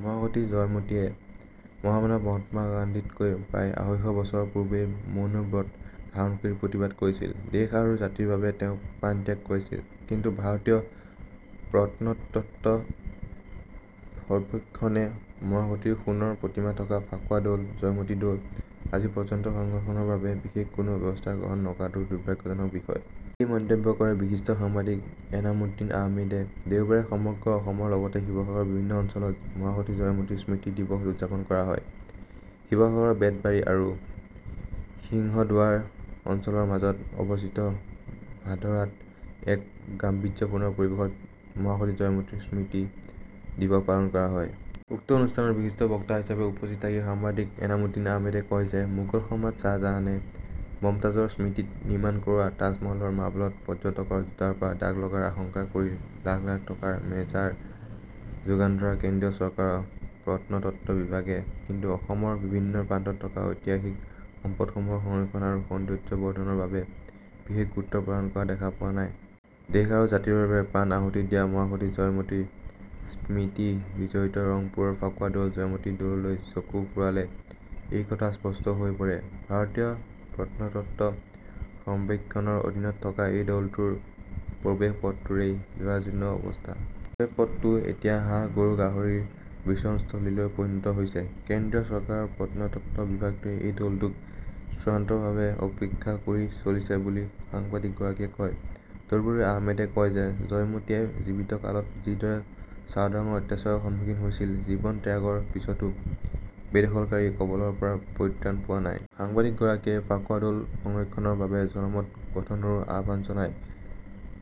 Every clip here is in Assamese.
মহাসতী জয়মতীয়ে মহামানৱ মহাত্মা গান্ধীতকৈ প্ৰায় আঢ়ৈশ বছৰৰ পূৰ্বেই মৌন ব্ৰত ধাৰণ কৰি প্ৰতিবাদ কৰিছিল। দেশ আৰু জাতিৰ বাবে তেওঁ প্ৰাণত্যাগ কৰিছিল। কিন্তু ভাৰতীয় প্ৰত্নতত্ত্ব সৰ্বেক্ষণে মহাসতীৰ সোণৰ প্ৰতিমা থকা ফাকুৱা দৌল জয়মতী দৌল আজি পৰ্যন্ত সংৰক্ষণৰ বাবে বিশেষ কোনো ব্যৱস্থা গ্ৰহণ নকৰাটো দুৰ্ভাগ্যজনক বিষয়। এই মন্তব্য কৰে বিশিষ্ট সাংবাদিক এনামুদ্দিন আহমেদে। দেওবাৰে সমগ্ৰ অসমৰ লগতে শিৱসাগৰৰ বিভিন্ন অঞ্চলত মহাসতী জয়মতীৰ স্মৃতি দিৱস উদযাপন কৰা হয়। শিৱসাগৰৰ বেতবাৰী আৰু সিংহদুৱাৰ অঞ্চলৰ মাজত অৱস্থিত ভাধৰাত এক গাম্ভীৰ্যপূৰ্ণ পৰিৱেশত মহাসতী জয়মতীৰ স্মৃতি দিৱস পালন কৰা হয়। উক্ত অনুষ্ঠানত বিশিষ্ট বক্তা হিচাপে উপস্থিত থাকি সাংবাদিক এনামুদ্দিন আহমেদে কয় যে মোগল সম্ৰাট শ্বাহজাহানে মমতাজৰ স্মৃতিত নিৰ্মাণ কৰোৱা তাজমহলৰ মাৰ্বলত পৰ্যটকৰ জোতাৰ পৰা দাগ লগাৰ আশংকা কৰি লাখ লাখ টকাৰ মেজাৰ যোগান ধৰা কেন্দ্ৰীয় চৰকাৰৰ প্ৰত্নতত্ত্ব বিভাগে কিন্তু অসমৰ বিভিন্ন প্ৰান্তত থকা ঐতিহাসিক সম্পদসমূহৰ সংৰক্ষণ আৰু সৌন্দৰ্যবৰ্ধনৰ বাবে বিশেষ গুৰুত্ব প্ৰদান কৰা দেখা পোৱা নাই। দেশ আৰু জাতিৰ বাবে প্ৰাণ আহুতি দিয়া মহাসতী জয়মতীৰ স্মৃতিবিজড়িত ৰংপুৰৰ ফাকুৱা দৌল জয়মতী দৌললৈ চকু ফুৰালে এই কথা স্পষ্ট হৈ পৰে। ভাৰতীয় প্ৰত্নতত্ত্ব সৰ্বেক্ষণৰ অধীনত থকা এই দৌলটোৰ প্ৰৱেশ পথটোৰেই জৰাজীৰ্ণ অৱস্থা। প্ৰৱেশ পথটো এতিয়া হাঁহ, গৰু, গাহৰিৰ বিচৰণস্থলীলৈ পৰিণত হৈছে। কেন্দ্ৰীয় চৰকাৰৰ প্ৰত্নতত্ত্ব বিভাগটোৱে এই দৌলটোক চূড়ান্তভাৱে উপেক্ষা কৰি চলিছে বুলি সাংবাদিকগৰাকীয়ে কয়। তদুপৰি আহমেদে কয় যে জয়মতীয়ে জীৱিত কালত যিদৰে চাওদাঙৰ অত্যাচাৰৰ সন্মুখীন হৈছিল, জীৱন ত্যাগৰ পিছতো বেদখলকাৰীৰ কবলৰ পৰা পৰিত্ৰাণ পোৱা নাই। সাংবাদিকগৰাকীয়ে ফাকুৱা দৌল সংৰক্ষণৰ বাবে জনমত গঠনৰো আহ্বান জনায়।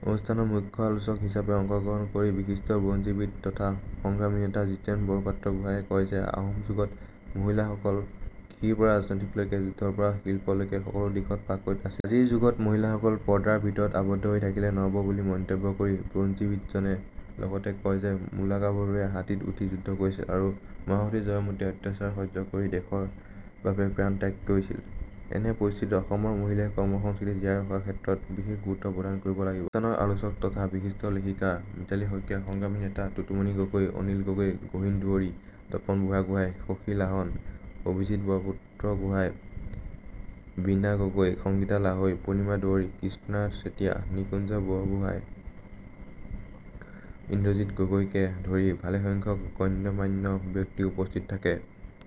অনুষ্ঠানত মুখ্য আলোচক হিচাপে অংশগ্ৰহণ কৰি বিশিষ্ট বুৰঞ্জীবিদ তথা সংগ্ৰামী নেতা জীতেন বৰপাত্ৰগোহাঁয়ে কয় যে আহোম যুগত মহিলাসকল কৃষিৰ পৰা ৰাজনীতিলৈকে, যুদ্ধৰ পৰা শিল্পলৈকে সকলো দিশত পাকৈত আছিল। আজিৰ যুগত মহিলাসকল পৰ্দাৰ ভিতৰত আবদ্ধ হৈ থাকিলে নহব বুলি মন্তব্য কৰি বুৰঞ্জীবিদজনে লগতে কয় যে মূলাগাভৰুৱে হাতীত উঠি যুদ্ধ কৰিছিল আৰু মহাসতী জয়মতীয়ে অত্যাচাৰ সহ্য কৰি দেশৰ বাবে প্ৰাণ ত্যাগ কৰিছিল। এনে পৰিস্থিতিত অসমৰ মহিলাই কৰ্মসংস্কৃতি জীয়াই ৰখাৰ ক্ষেত্ৰত বিশেষ গুৰুত্ব প্ৰদান কৰিব লাগিব। অনুষ্ঠানত আলোচক তথা বিশিষ্ট লেখিকা মিতালী শইকীয়া, সংগ্ৰামী নেতা টুটুমণি গগৈ, অনিল গগৈ, গহীন দুৱৰী, তপন বুঢ়াগোহাঁই, শশী লাহন, অভিজিৎ বৰপাত্ৰগোহাঁই, বীণা গগৈ, সংগীতা হালৈ, পূৰ্ণিমা দুৱৰী, কৃষ্ণা চেতিয়া, নিকুঞ্জ বুঢ়াগোহাঁই, ইন্দ্ৰজিৎ গগৈকে ধৰি ভালেসংখ্যক গণ্যমান্য ব্যক্তি উপস্থিত থাকে।